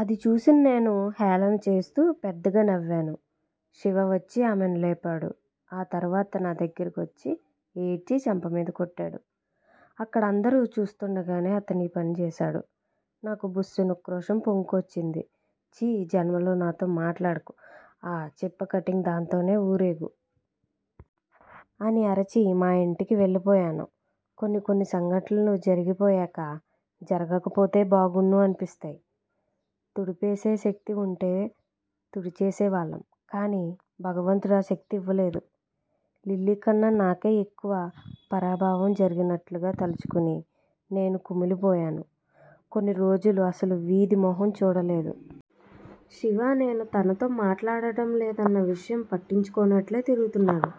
అది చూసిన నేను హేళన చేస్తూ పెద్దగా నవ్వాను. శివ వచ్చి ఆమెని లేపాడు. ఆ తర్వాత నా దగ్గరకువచ్చి యీడ్చి చెంపమీద కొట్టాడు. అక్కడ అందరూ చూస్తుండగా అతనీ పని చేశాడు. నాకు బుస్సున ఉక్రోషం పొంగుకొచ్చింది. ఛీ! జన్మలో నాతో మాట్లాడకు. ఆ చిప్పకట్టింగ్ దాంతోనే వూరేగు! అని అరిచి మా ఇంటికి వెళ్ళిపోయాను. కొన్ని కొన్ని సంఘటనలు జరిగిపోయాకా, జరగకపోతే బావుండ్ను అనిపిస్తాయి. తుడిపేసే శక్తివుంటే తుడిచేసేవాళ్ళం. కానీ భగవంతుడు ఆ శక్తి ఇవ్వలేదు. లిల్లీకన్నా నాకే ఎక్కువ పరాభవం జరిగినట్లుగా తలుచుకుని నేను కుమిలిపోయాను. కొన్ని రోజులు అసలు వీధి మొహం చూడలేదు. శివ నేను తనతో మాట్లాడటంలేదన్న విషయం పట్టించుకోనట్లే తిరుగుతున్నాడు.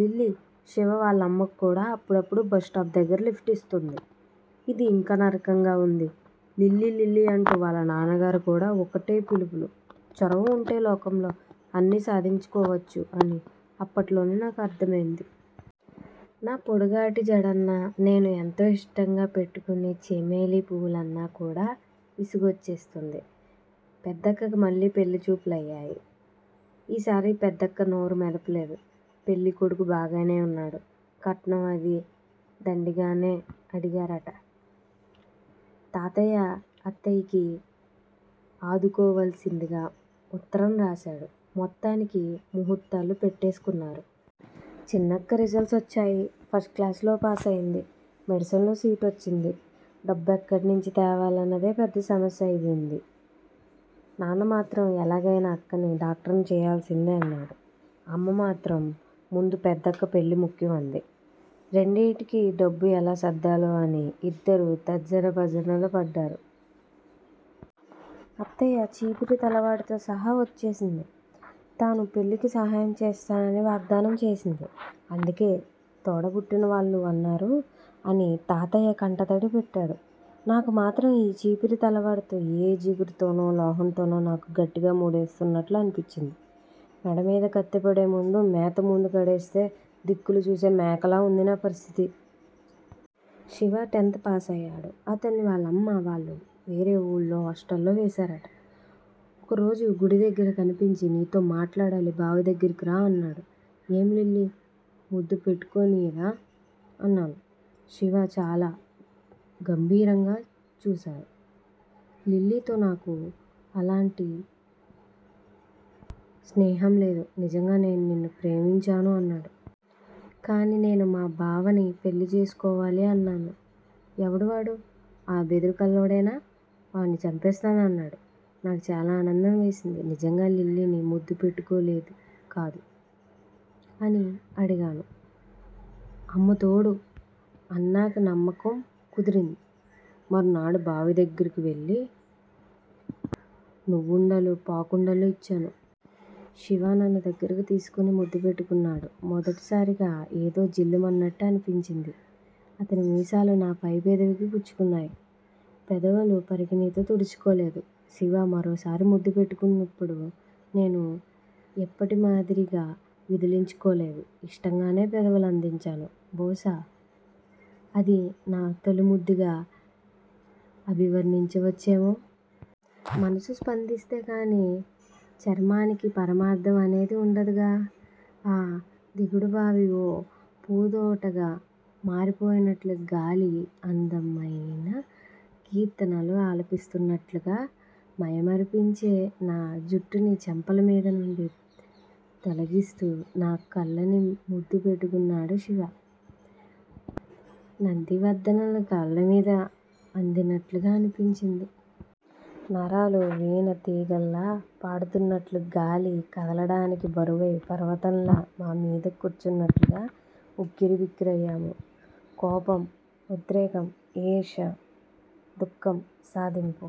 లిల్లీ శివా వాళ్ళమ్మకి కూడా అప్పుడప్పుడూ బస్ స్టాప్ దగ్గర లిఫ్ట్ ఇస్తోంది. ఇది యింకా నరకంగా వుంది. లిల్లీ లిల్లీ అంటూ వాళ్ళ నాన్నగారు కూడా ఒకటే పిలుపులు. చొరవ ఉంటే లోకంలో అన్నీ సాధించుకోవచ్చు అని అప్పట్లోనే నాకు అర్థమయింది! నా పొడుగాటి జడన్నా, నేను ఎంతో ఇష్టంగా పెట్టుకునే చెమేలీ పువ్వులన్నా కూడా విసుగొచ్చేస్తోంది! పెద్దక్కకి మళ్ళీ పెళ్ళి చూపులయ్యాయి. ఈసారి పెద్దక్క నోరు మెదపలేదు. పెళ్ళికొడుకు బాగానే ఉన్నాడు. కట్నం అదీ దండిగానే అడిగారుట! తాతయ్య అత్తయ్యకి ఆదుకోవలసిందిగా ఉత్తరం రాశాడు. మొత్తానికి ముహూర్తాలు పెట్టేసుకున్నారు. చిన్నక్క రిజల్ట్స్ వచ్చాయి. ఫస్ట్ క్లాసులో పాసయింది. మెడిసిన్లో సీటు వచ్చింది. డబ్బెక్కడ్నించి తేవాలన్నదే పెద్ద సమస్య అయిపొయింది. నాన్నమాత్రం ఎలాగయినా అక్కని డాక్టర్ని చెయ్యాల్సిందేనన్నాడు. అమ్మ మాత్రం ముందు పెద్దక్క పెళ్ళి ముఖ్యం అంది. రెండింటికీ డబ్బు యెలా సర్దాలా అని యిద్దరూ తర్జన భర్జనలు పడ్డారు. అత్తయ్య చీపిరి తలవాడితోసహా వచ్చేసింది. తను పెళ్ళికి సహాయం చేస్తానని వాగ్దానం చేసింది. అందుకే తోడబుట్టిన వాళ్ళు అన్నారు అని తాతయ్య కంటతడి పెట్టాడు. నాకు మాత్రం ఈ చీపిరి తలవాడితో ఏ జిగురుతోనో లోహంతోనో నాకు గట్టిగా ముడివేస్తున్నట్లు అనిపించింది. మెడమీద కత్తిపడే ముందు, మేత ముందు కడేస్తే దిక్కులు చూసే మేకలా వుంది నా పరిస్థితి! శివా టెన్త్ పాసయ్యాడు. అతన్ని వాళ్ళమ్మా వాళ్ళు వేరే ఊళ్ళో హాస్టల్లో వేశారుట. ఒకరోజు గుడిదగ్గర కనిపించి నీతో మాట్లాడాలి బావి దగ్గరకు రా! అన్నాడు. ఏం లిల్లీ ముద్దు పెట్టుకోనియ్యదా? అన్నాను. శివ చాలా గంభీరంగా చూశాడు. లిల్లీతో నాకు అలాంటి స్నేహంలేదు. నిజంగా నేను నిన్ను ప్రేమించాను అన్నాడు. కానీ నేను మా బావని పెళ్ళిచేసుకోవాలి అన్నాను. ఎవడు వాడు? ఆ బెదురు కళ్ళవాడేనా? వాణ్ణి చంపేస్తాను అన్నాడు. నాకు చాలా ఆనందం వేసింది. నిజంగా లిల్లీని ముద్దు పెట్టుకోలేదు కదూ! అని అడిగాను. అమ్మతోడు! అన్నాక నమ్మకం కుదిరింది. మరునాడు బావి దగ్గరికి వెళ్ళి నువ్వుండలూ, పోకుండలూ ఇచ్చాను. శివ నన్ను దగ్గరకి తీసుకుని ముద్దు పెట్టుకున్నాడు. మొదటిసారిగా ఏదో 'జిల్'మన్నట్లు అనిపించింది. అతని మీసాలు నా పై పెదవికి గుచ్చుకున్నాయి. పెదవులు పరికిణీతో తుడుచుకోలేదు. శివ మరోసారి ముద్దు పెట్టుకొంటున్నప్పుడు నేను ఎప్పటి మాదిరిగా విదిలించుకోలేదు. ఇష్టంగానే పెదవులు అందించాను. బహుశా అది నా తొలిముద్దుగా అభివర్ణించవచ్చేమో! మనసు స్పందిస్తే కానీ చర్యకి పరమార్థం అనేది ఉండదుగా! ఆ దిగుడుబావి ఓ పూదోటగా మారిపోయినట్లూ గాలి అందమైన కీర్తనలు ఆలపిస్తున్నట్లూ మైమరిచా. నా జుట్టుని చెంపల మీద నుండి తొలగిస్తూ నా కళ్ళని ముద్దు పెట్టుకున్నాడు శివ. నందివర్ధనాలు కళ్ళ మీద అద్దినట్లుగా అనిపించింది. నరాలు వీణ తీగల్లా పాడుతున్నట్లూ గాలి కదలడానికి బరువై పర్వతంలా మా మీద కూర్చున్నట్లూ ఉక్కిరి బిక్కిరయ్యాము. కోపం, ఉద్రేకం, ఈర్ష్యా, దుఃఖం సాధింపూ